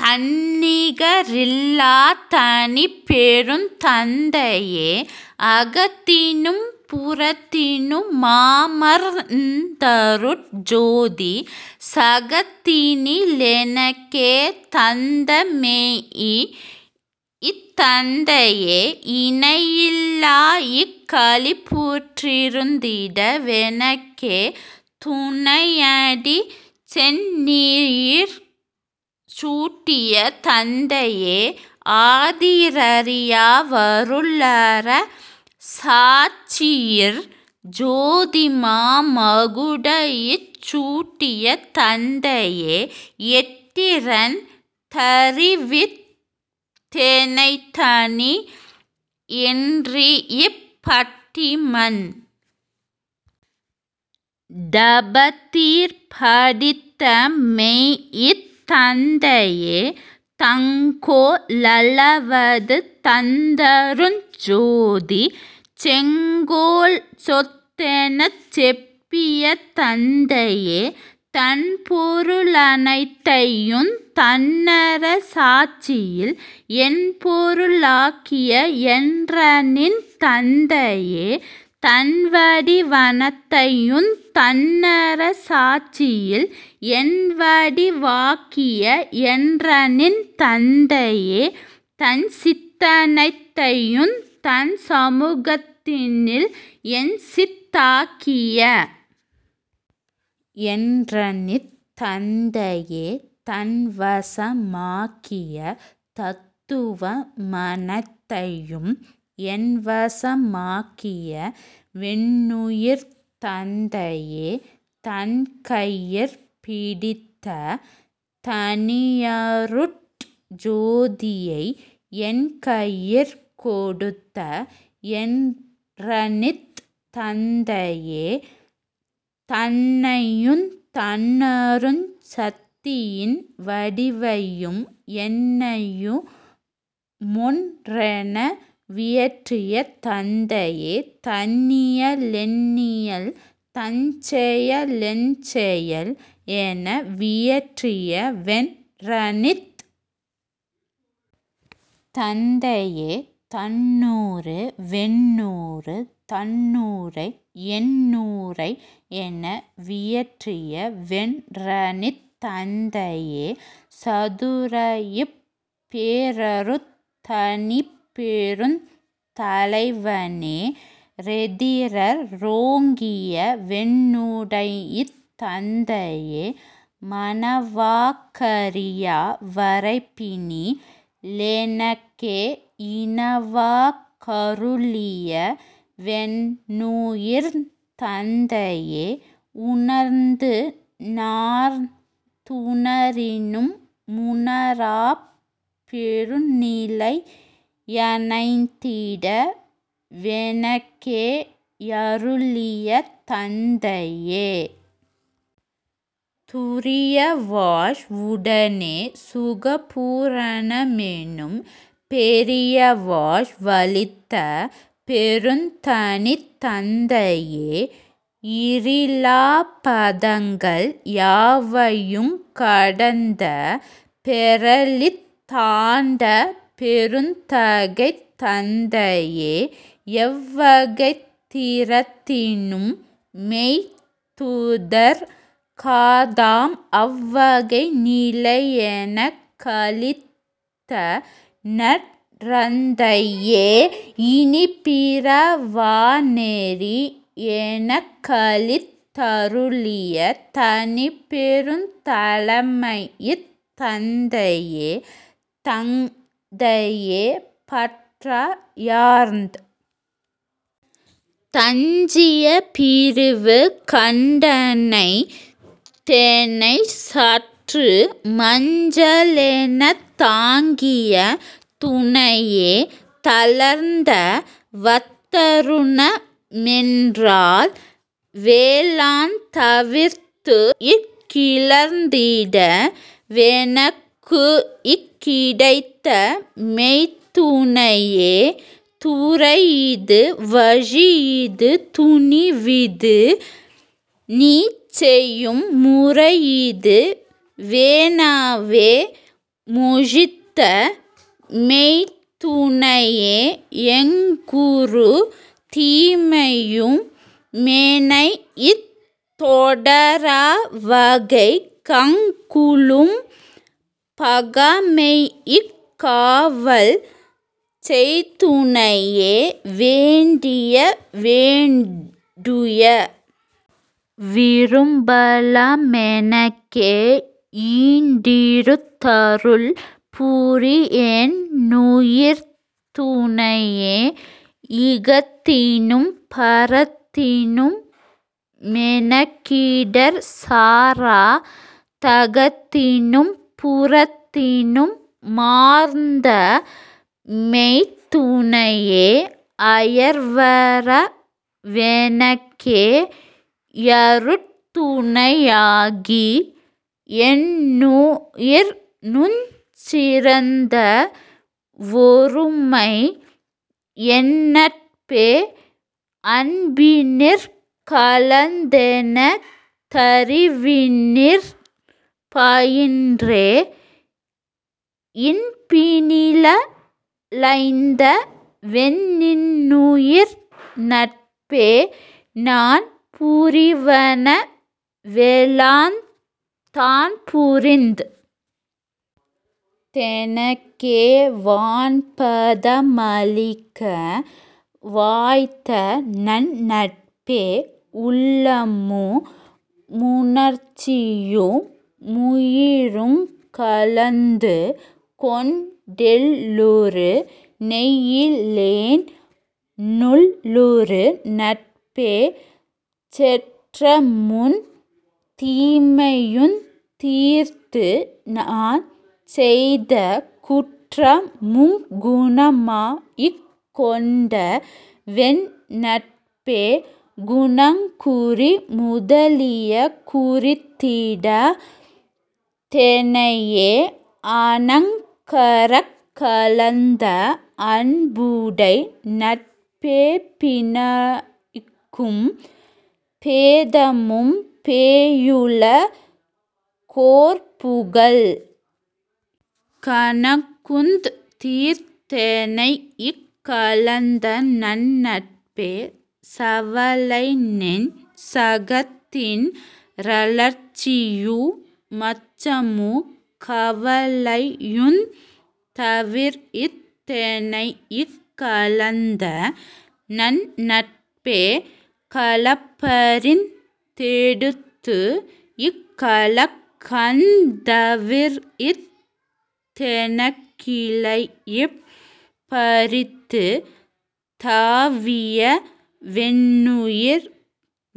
தன்னிக ரில்லாத் தனிப்பெருந் தந்தையே அகத்தினும் புறத்தினு மமர்ந்தருட் ஜோதி சகத்தினி லெனக்கே தந்தமெய்த் தந்தையே இணையிலாக் களிப்புற் றிருந்திட வெனக்கே துணயடி சென்னியிற் சூட்டிய தந்தையே ஆதியீ றறியா வருளர சாட்சியிற் ஜோதிமா மகுடஞ் சூட்டிய தந்தையே எட்டிரண் டறிவித் தெனைத்தனி யென்றிப் பட்டிமண் டபத்திற் பதித்தமெய்த் தந்தையே தங்கோ லளவது தந்தருட் ஜோதிச் செங்கோல் சொத்தெனச் செப்பிய தந்தையே தன்பொரு ளனைத்தையுந் தன்னர சாட்சியில் என்பொரு ளாக்கிய என்றனித் தந்தையே தன்வடி வனைத்தையுந் தன்னர சாட்சியில் என்வடி வாக்கிய என்றனித் தந்தையே தன்சித் தனைத்தையுந் தன்சமு கத்தினில் என்சித் தாக்கிய என்றனித் தந்தையே தன்வச மாகிய தத்துவ மனைத்தையும் என்வச மாக்கிய வென்னுயிர்த் தந்தையே தன்கையிற் பிடித்த தனியருட் ஜோதியை என்கையிற் கொடுத்த என்றனித் தந்தையே தன்னையுந் தன்னருட் சத்தியின் வடிவையும் என்னையு மொன்றென வியற்றிய தந்தையே தன்னிய லென்னியல் தன்செய லென்செயல் என்ன வியற்றிய வென்றனித் தந்தையே தன்னுரு வென்னுரு தன்னுரை யென்னுரை என்ன வியற்றிய வென்றனித் தந்தையே சதுரப் பேரருட் டனிப்பெருந் தலைவனென் றெதிரற் றோங்கிய வென்னுடைத் தந்தையே மனவாக் கறியா வரைப்பினி லெனக்கே இனவாக் கருளிய வென்னுயிர்த் தந்தையே உணர்ந்துணர்ந் துணரினு முணராப் பெருநிலை யணைந்திட வெனக்கே யருளிய தந்தையே துரியவாழ் வுடனே சுகபூ ரணமெனும் பெரியவாழ் வளித்த பெருந்தனித் தந்தையே இறிலாப் பதங்கள் யாவையுங் கடந்த பேறளித் தாண்ட பெருந்தகைத் தந்தையே எவ்வகைத் திறத்தினு மெய்துதற் காதாம் அவ்வகை நிலையெனக் களித்தநற் றந்தையே இனிப்பிற வாநெறி யெனக்களித் தருளிய தனிப்பெருந் தலைமைத் தந்தையே தந்தையே பற்றயர்ந் தஞ்சிய பிரிவுகண்ட ணைந்தெனைச் சற்றுமஞ் சேலெனத் தாங்கிய துணையே தளர்ந்தவத் தருணமென் றளர்வெலாந் தவிர்த்துட் கிளர்ந்திட வெனக்குக் கிடைத்தமெய்த் துணையே துறையிது வழியிது துணிவிது நீசெயும் முறையிது வெனவே மொழிந்தமெய்த் துணையே எங்குறு தீமையு மெனைத்தொட ராவகை கங்குலும் பகாமெய்க் காவல்செய் துணையே வேண்டிய வேண்டுய விருப்பெலா மெனக்கே யீண்டிருந் தருள்புரி யென்னுயிர்த் துணையே இகத்தினும் பரத்தினும் மெனக்கிடர் சாரா தகத்தினும் புறத்தினு மமர்ந்தமெய்த் துணையே அயர்வற வெனக்கே யருட்டுணை யாகியென் னுயினுஞ் சிறந்த வொருமையென் னட்பே அன்பினிற் கலந்தென தறிவினிற் பயின்றே இன்பினி லளைந்தவென் னின்னுயிர் நட்பே நான்புரி வனவெலாந் தான்புரிந் தெனக்கே வான்பத மளிக்க வாய்த்தநன் னட்பே உள்ளமு முணர்ச்சியு முயிருங் கலந்துகொண் டெள்ளுறு நெய்யிலென் னுள்ளுறு நட்பே செற்றமுந் தீமையுந் தீர்த்துநான் செய்த குற்றமுங் குணமாக் கொண்டவென் னட்பே குணங்குறி முதலிய குறித்திடா தெனையே அணங்கறக் கலந்த அன்புடை நட்பே பிணக்கும் பேதமும் பேயுல கோர்புகல் கணக்குந் தீர்த்தெனைக் கலந்தநன் னட்பே சவலைநெஞ் சகத்தின் றளர்ச்சியு மச்சமு கவலையுந் தவிர்த்தெனைக் கலந்தநன் னட்பே களப்பறிந் தெடுத்துக் கலக்கந் தவிர்த்தெனக் கிளைப்பறிந் துதவிய வென்னுயி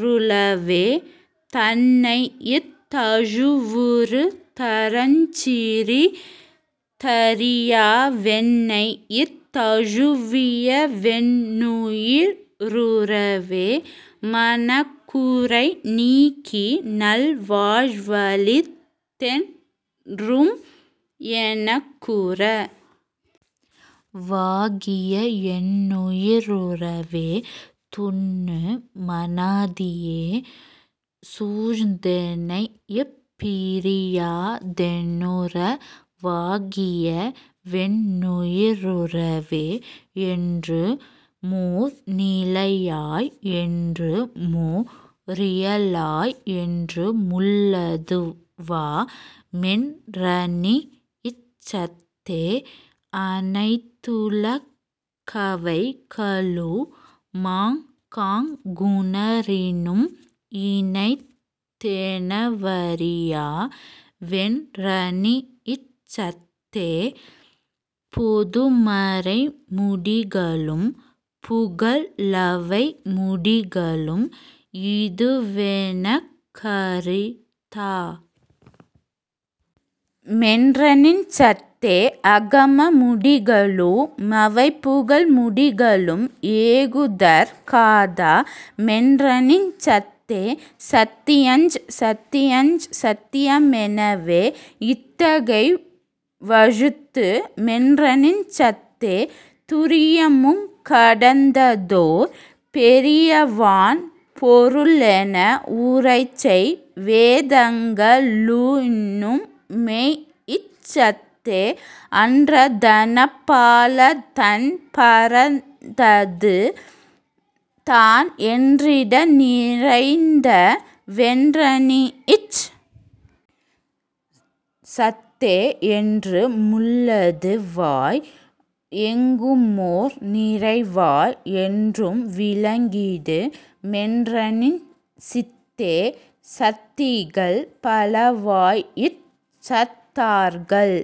ருறவே தன்னைத் தழுவுறு தரஞ்சிறி தறியா வென்னைத் தழுவிய வென்னுயி ருறவே மனக்குறை நீக்கிநல் வாழ்வளித் தென்றும் எனக்குற வாகிய என்னுயி ருறவே துன்னு மனாதியே சூழ்ந்தெனைப் பிரியா தென்னுற வாகிய வென்னுயி ருறவே என்றுமோர் நிலையாய் என்றுமோ ரியலாய் என்றுமுள் ளதுவா மென்றனிச் சத்தே அனைத்துல கவைகளு மாங்காங் குணரினும் இனைத்தென வறியா வென்றனிச் சத்தே பொதுமறை முடிகளும் புகலவை முடிகளும் இதுவெனக் கரிதா மென்றனிச் சத்தே அகம முடிகளு மவைபுகல் முடிகளும் ஏகுதற் காதா மென்றனிச் சத்தே சத்தியஞ் சத்தியஞ் சத்திய மெனவே இத்தகை வழுத்து மென்றனிச் சத்தே துரியமுங் கடந்ததோர் பெரியவான் பொருளென உரைசெய் வேதங்க ளுன்னுமெய்ச் சத்தே அன்றத னப்பா லதன்பரத் ததுதான் என்றிட நிறைந்த வென்றனிச் சத்தே என்றுமுள் ளதுவாய் எங்குமோர் நிறைவாய் என்றும் விளங்கிடு மென்றனிச் சித்தே சத்திகள் பலவாய்த் சத்தர்கள்